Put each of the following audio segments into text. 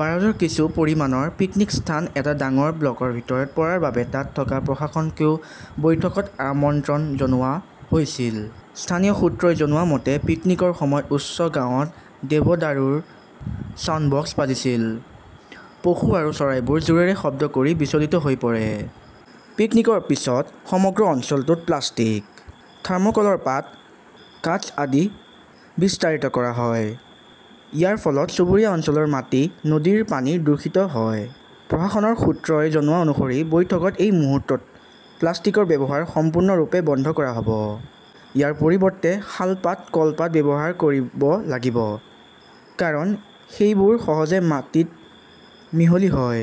বাৰাজৰ কিছু পৰিমাণৰ পিকনিক স্থান এটা ডাঙৰ ব্লকৰ ভিতৰত পৰাৰ বাবে তাত থকা প্ৰশাসনকেও বৈঠকত আমন্ত্ৰণ জনোৱা হৈছিল। স্থানীয় সূত্ৰই জনোৱা মতে, পিকনিকৰ সময়ত উচ্চ গাঁৱত দেৱদাৰুৰ ছাউণ্ডবক্স বাজিছিল। পশু আৰু চৰাইবোৰো জোৰেৰে শব্দ কৰি বিচলিত হৈ পৰে। পিকনিকৰ পিছত সমগ্ৰ অঞ্চলটোত প্লাষ্টিক, থাৰ্মোকলৰ পাত, কাঠ আদি বিস্তাৰিত কৰা হয়। ইয়াৰ ফলত চুবুৰীয়া অঞ্চলৰ মাটি, নদীৰ পানী দূষিত হয়। প্ৰশাসনৰ সূত্ৰই জনোৱা অনুসৰি বৈঠকত এই মুহূৰ্তত প্লাষ্টিকৰ ব্যৱহাৰ সম্পূৰ্ণৰূপে বন্ধ কৰা হ'ব। ইয়াৰ পৰিৱৰ্তে শালপাত, কলপাত ব্যৱহাৰ কৰিব লাগিব। কাৰণ, সেইবোৰ সহজে মাটিত মিহলি হয়।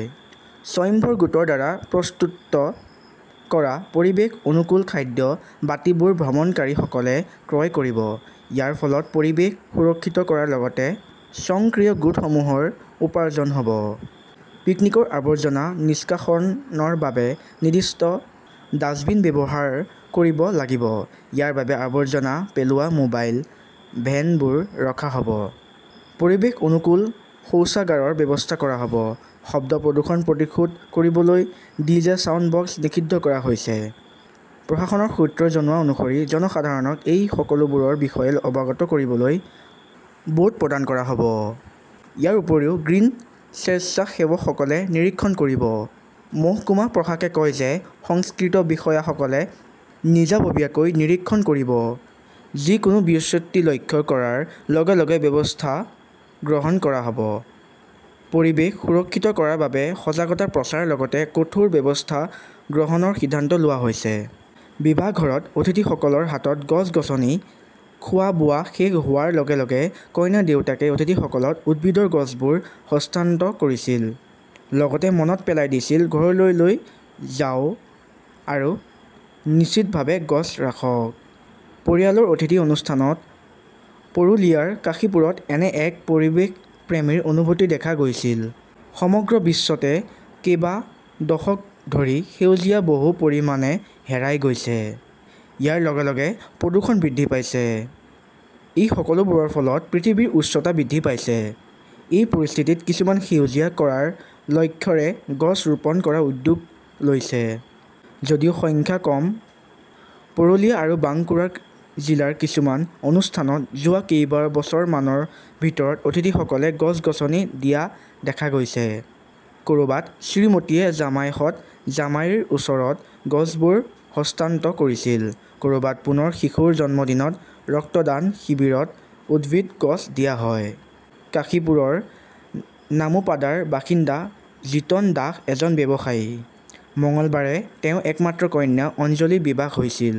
স্বয়ম্ভৰ গোটৰ দ্বাৰা প্ৰস্তুত কৰা পৰিৱেশ-অনুকূল খাদ্য বাটিবোৰ ভ্ৰমণকাৰীসকলে ক্ৰয় কৰিব। ইয়াৰ ফলত পৰিৱেশ সুৰক্ষিত কৰাৰ লগতে স্বয়ংক্ৰিয় গোটসমূহৰ উপাৰ্জন হ'ব। পিকনিকৰ আৱৰ্জনা নিষ্কাশনৰ বাবে নিৰ্দিষ্ট ডাষ্টবিন ব্যৱহাৰ কৰিব লাগিব। ইয়াৰ বাবে আৱৰ্জনা পেলোৱা মোবাইল ভেনবোৰ ৰখা হ'ব। পৰিৱেশ অনুকূল শৌচাগাৰৰ ব্যৱস্থা কৰা হ'ব। শব্দ প্ৰদূষণ প্ৰতিৰোধ কৰিবলৈ ডিজে ছাউণ্ডবক্স নিষিদ্ধ কৰা হৈছে। প্ৰশাসনৰ সূত্ৰই জনোৱা অনুসৰি জনসাধাৰণক এই সকলোবোৰৰ বিষয়ে অৱগত কৰিবলৈ বোৰ্ড প্ৰদান কৰা হ'ব। ইয়াৰ উপৰিও 'গ্ৰীণ স্বেচ্ছাসেৱকসকলে নিৰীক্ষণ কৰিব। মহকুমা প্ৰশাসকে কয় যে সংশ্লিষ্ট বিষয়াসকলে নিজাববীয়াকৈ নিৰীক্ষণ কৰিব। যিকোনো বিচ্যুতি লক্ষ্য কৰাৰ লগে লগে ব্যৱস্থা গ্ৰহণ কৰা হ'ব। 'পৰিৱেশ সুৰক্ষিত কৰাৰ বাবে সজাগতা প্ৰচাৰৰ লগতে কঠোৰ ব্যৱস্থা গ্ৰহণৰ সিদ্ধান্ত লোৱা হৈছে।'। বিবাহঘৰত অতিথিসকলৰ হাতত গছ-গছনি খোৱা-বোৱা শেষ হোৱাৰ লগে লগে কইনাৰ দেউতাকে অতিথিসকলক উদ্ভিদৰ গছবোৰ হস্তান্তৰ কৰিছিল। লগতে মনত পেলাই দিছিল। ঘৰলৈ লৈ যাওঁক আৰু নিশ্চিতভাৱে গছ ৰাখক। পৰিয়ালৰ অতিথি অনুষ্ঠানত পুৰুলিয়াৰ কাশীপুৰত এনে এক পৰিৱেশপ্ৰেমী অনুভূতি দেখা গৈছিল। সমগ্ৰ বিশ্বতে কেইবা দশক ধৰি সেউজীয়া বহু পৰিমাণে হেৰাই গৈছে। ইয়াৰ লগে লগে প্ৰদূষণ বৃদ্ধি পাইছে। এই সকলোবোৰৰ ফলত পৃথিৱীৰ উষ্ণতা বৃদ্ধি পাইছে। এই পৰিস্থিতিত, কিছুমানে সেউজীয়া কৰাৰ লক্ষ্যৰে গছ ৰোপণ কৰাৰ উদ্যোগ লৈছে। যদিও সংখ্যা কম, পুৰুলিয়া আৰু বাংকুৰা জিলাৰ কিছুমান অনুষ্ঠানত যোৱা কেইবছৰমানৰ ভিতৰত অতিথিসকলে গছ-গছনি দিয়া দেখা গৈছে। কৰবাত, শ্ৰীমতীয়ে জামাইশত জামাইৰ ওচৰত গছবোৰ হস্তান্তৰ কৰিছিল। কৰবাত, পুনৰ শিশুৰ জন্মদিনত, ৰক্তদান শিবিৰত উদ্ভিদ গছ দিয়া হয়। কাশীপুৰৰ নামোপাদাৰ বাসিন্দা জিতন দাস এজন ব্যৱসায়ী। মঙলবাৰে তেওঁৰ একমাত্ৰ কন্যা অঞ্জলীৰ বিবাহ হৈছিল।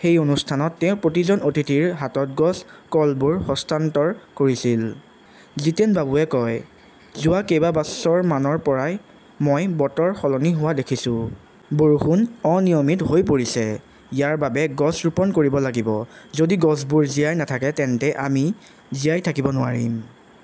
সেই অনুষ্ঠানত তেওঁ প্ৰতিজন অতিথিৰ হাতত গছৰ কলবোৰ হস্তান্তৰ কৰিছিল। জিতেনবাবুৱে কয়, যোৱা কেইবছৰমানৰ পৰা মই বতৰ সলনি হোৱা দেখিছোঁ। বৰষুণ অনিয়মিত হৈ পৰিছে। ইয়াৰ বাবে গছ ৰোপণ কৰিব লাগিব। যদি গছবোৰ জীয়াই নাথাকে তেন্তে আমি জীয়াই থাকিব নোৱাৰিম।